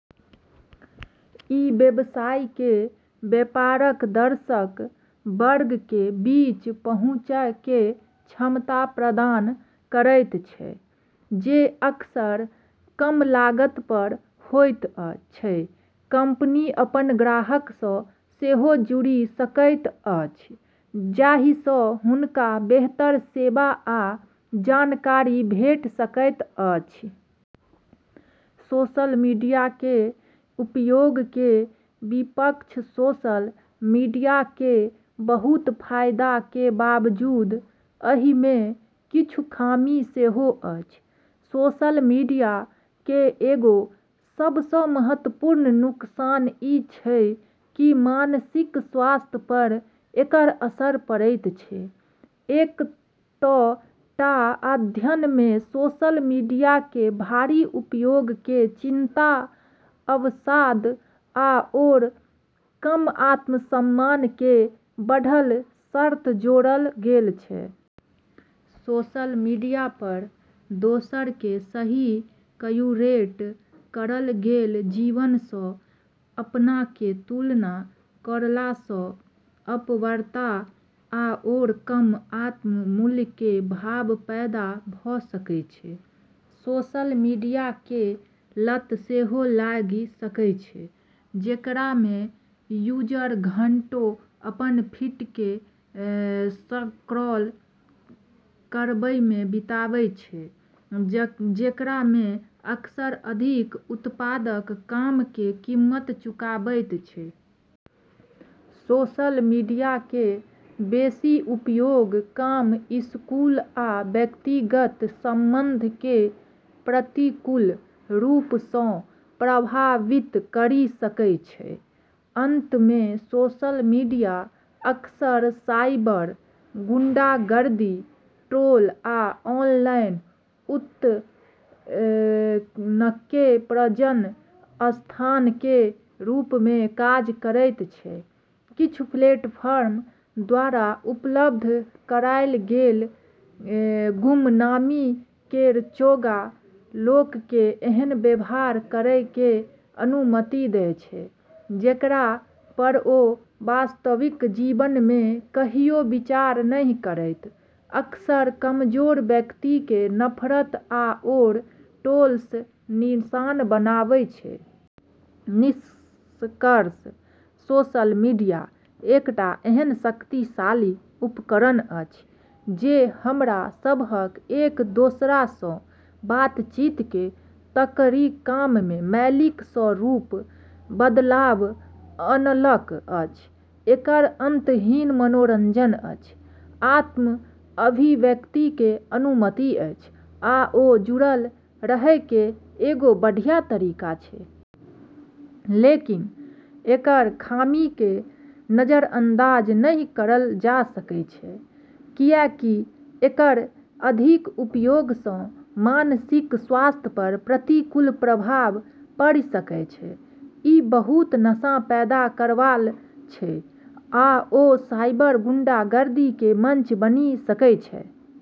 ई व्यवसायके व्यापक दर्शक वर्गके बीच पहुँचैके क्षमता प्रदान करैत छै, जे अक्सर कम लागत पर होइत छै। कंपनी अपन ग्राहकसँ सेहो जुड़ि सकैत अछि, जाहिसँ हुनका बेहतर सेवा आ जानकारी भेट सकैत अछि। सोशल मीडियाके उपयोगके विपक्ष सोशल मीडियाके बहुत फाइदाके बावजूद एहिमे किछ खामी सेहो अछि। सोशल मीडिया केर एगो सबसँ महत्वपूर्ण नुकसान ई छै कि मानसिक स्वास्थ्य पर एकर असर पड़ै छै। कएक टा अध्ययनमे सोशल मीडिया केर भारी उपयोगके चिंता, अवसाद, आओर कम आत्मसम्मान केर बढ़ल स्तरसँ जोड़ल गेल छै। सोशल मीडिया पर दोसरके सही क्यूरेट करल गेल जीवनसँ अपनाके तुलना करलासँ अपर्याप्तता आओर कम आत्म-मूल्यके भाव पैदा भ' सकै छै। सोशल मीडियाके लत सेहो लागि सकै छै, जेकरामे यूजर घंटों अपन फीडके स्क्रॉल करैमे बिताबै छै, जेकरामे अक्सर अधिक उत्पादक कामके कीमत चुकाबै छै। सोशल मीडियाके बेशी उपयोग काम, स्कूल, आ व्यक्तिगत संबंधके प्रतिकूल रूपसँ प्रभावित करि सकै छै। अंतमे, सोशल मीडिया अक्सर साइबर गुंडागर्दी, ट्रोल, आ ऑनलाइन उत्पीड़नके प्रजनन स्थलके रूपमे काज करैत छै। किछ प्लेटफार्म द्वारा उपलब्ध कराय देल गेल गुमनामी केर चोगा लोकके एहन व्यवहार करैके अनुमति दै छै जेकरा पर ओ वास्तविक जीवनमे कहियो विचार नहि करतै, अक्सर कमजोर व्यक्तिके नफरत आओर ट्रोलसँ निशाना बनबै छै। निष्कर्षतः सोशल मीडिया एकटा एहन शक्तिशाली उपकरण अछि जे हमरा सभक एक दोसरासँ बातचीतके तरीकामे मौलिक रूपसँ बदलाव अनलक अछि। एकर अंतहीन मनोरंजन छै, आत्म-अभिव्यक्तिके अनुमति छै, आओर जुड़ल रहैके एगो बढ़िया तरीका छै। लेकिन एकर खामीके नजरअंदाज नहि करल जा सकै छै, किएकि एकर अधिक उपयोगसँ मानसिक स्वास्थ्य पर प्रतिकूल प्रभाव पड़ि सकै छै, ई बहुत नशा पैदा करैबला छै, आओर साइबर गुंडागर्दी केर मंच बनि सकै छै।